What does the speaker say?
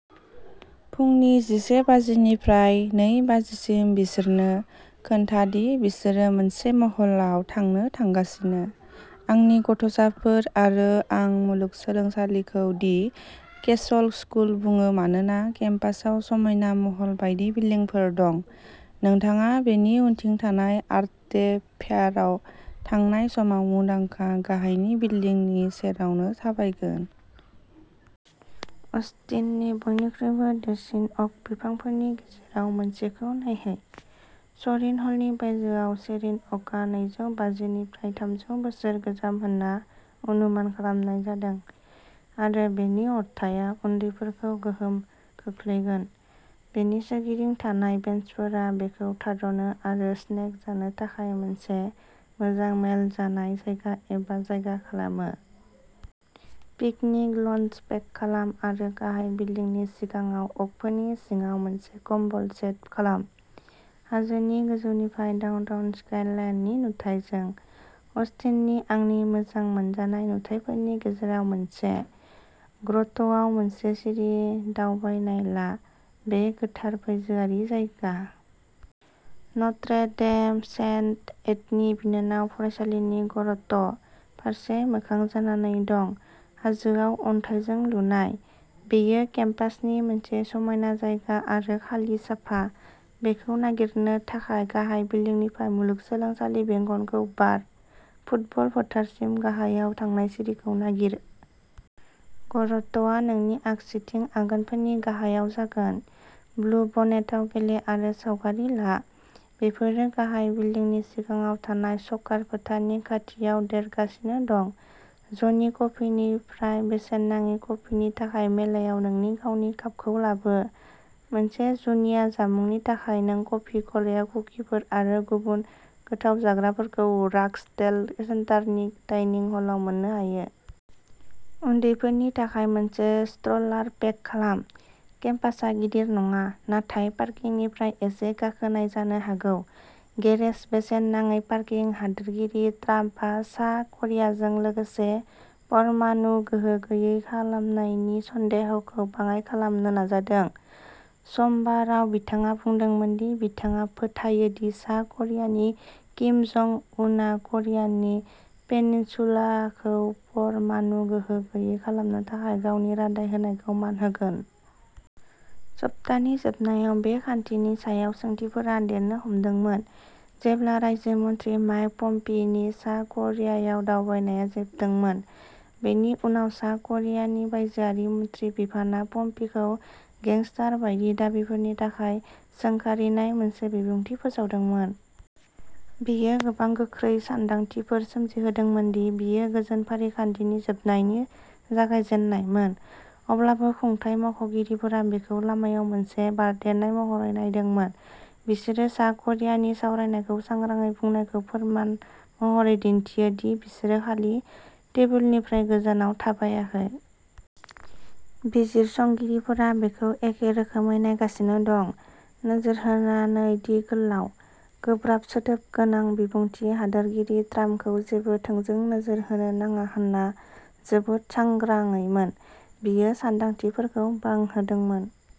फुंनि जिसे बाजिनिफ्राय नै बाजिसिम बिसोरनो खोन्था दि बिसोर मोनसे महलाव थांनो थांगासिनो, आंनि गथ'साफोर आरो आं मुलुगसोलोंसालिखौ "दि केसल स्कुल" बुङो मानोना केम्पासआव समायना महल बायदि बिल्डिंफोर दं। नोंथाङा बेनि उनथिं थानाय आर्थ डे फेयाराव थांनाय समाव मुंदांखा गाहाय बिल्डिंनि सेरावनो थाबायगोन। अस्टिननि बयनिख्रुइबो देरसिन अक बिफांफोरनि गेजेराव मोनसेखौ नायहै। सरिन हलनि बायजोआव सोरिन अकआ नैजौ बाजि निफ्राइ थामजौ बोसोर गोजाम होनना अनुमान खालामनाय जादों आरो बेनि अरथाइया उन्दैफोरखौ गोहोम खोख्लैगोन। बेनि सोरगिदिं थानाय बेन्चफोरा बेखौ थाद'नो आरो स्नेक जानो थाखाय मोनसे मोजां मेल जानाय जायगा एबा जायगा खालामो। पिकनिक लञ्च पेक खालाम आरो गाहाय बिल्दिंनि सिगाङाव अकफोरनि सिङाव मोनसे कम्बल सेट खालाम, हाजोनि गोजौनिफ्राय डाउनटाउन स्काइलाइननि नुथायजों। अस्टिननि आंनि मोजां मोनजानाय नुथायफोरनि गेजेराव मोनसे। ग्र'ट'आव मोनसे सिरि दावबायनाय ला। बे गोथार बायजोआरि जायगा। नट्रे डेम, सेन्ट एडनि बिनानाव फरायसालिनि गर'ट' फारसे मोखां जानानै दं। हाजोआव अन्थाइजों लुनाय, बेयो केम्पासनि मोनसे समायना जायगा आरो खालि साफा। बेखौ नागिरनो थाखाय गाहाय बिल्दिंनिफ्राय मुलुगसोलोंसालि बेंखनखौ बार। फुटबल फोथारसिम गाहायाव थांनाय सिरिखौ नागिर। गर'ट'आ नोंनि आगसिथिं आगानफोरनि गाहायाव जागोन। ब्लु-बनेटआव गेले आरो सावगारि ला, बेफोरो गाहाय बिल्दिंनि सिगाङाव थानाय स'कार फोथारनि खाथियाव देरगासिनो दं। ज'नि कफिनिफ्राय बेसेन नाङि कफिनि थाखाय मेलायाव नोंनि गावनि कापखौ लाबो। मोनसे जुनिया जामुंनि थाखाय नों कफि गलायाव कुकिफोर आरो गुबुन गोथाव जाग्राफोरखौ राग्सडेल सेन्टारनि डाइनिं हलाव मोननो हायो। उन्दैफोरनि थाखाय मोनसे स्ट्र'लार पेक खालाम। केम्पासआ गिदिर नङा, नाथाय पार्किंनिफ्राय इसे गाखोनाय जानो हागौ। गेरेज, बेसेन नाङै पार्किं। हादोरगिरि ट्राम्पआ सा करियाजों लोगोसे परमाणु गोहो गैयै खालामनायनि सन्देहखौ बाङाइ खालामनो नाजादों। समबाराव बिथाङा बुंदोंमोन दि बिथाङा फोथायो दि सा करियानि किम जं उनआ क'रियानि पेनिनसुलाखौ परमाणु गोहो गैयै खालामनो थाखाय गावनि रादाय होनायखौ मान होगोन। सप्तानि जोबनायाव बे खान्थिनि सायाव सोंथिफोरा देरनो हमदोंमोन, जेब्ला रायजो मन्थ्रि माइक पम्पिय'नि सा करियायाव दावबायनाया जोबदोंमोन। बेनि उनाव सा करियानि बायजोआरि मन्थ्रि बिफाना पम्पिय'खौ गेंस्टार बायदि दाबिफोरनि थाखाय सोंखारिनाय मोनसे बिबुंथि फोसावदोंमोन। बेयो गोबां गोख्रै सान्दांथिफोर सोमजिहोदोंमोन दि बेयो गोजोन फारिखान्थिनि जोबनायनि जागायजेन्नायमोन। अब्लाबो खुंथाय मावख'गिरिफोरा बेखौ लामायाव मोनसे बारदेरनाय महरै नायदोंमोन। बिसोरो सा करियानि सावरायनायखौ सांग्राङै बुंनायखौ फोरमान महरै दिन्थियो दि बिसोरो खालि टेबोलनिफ्राय गोजानाव थाबायाखै। बिजिरसंगिरिफोरा बेखौ एखे रोखोमै नायगासिनो दं, नोजोर होनानै दि गोलाव, गोब्राब सोदोब गोनां बिबुंथिआ हादोरगिरि ट्राम्पखौ जेबो थोंजों नोजोर होनो नाङा होनना जोबोद सांग्राङैमोन। बेयो सान्दांथिफोरखौ बांहोदोंमोन।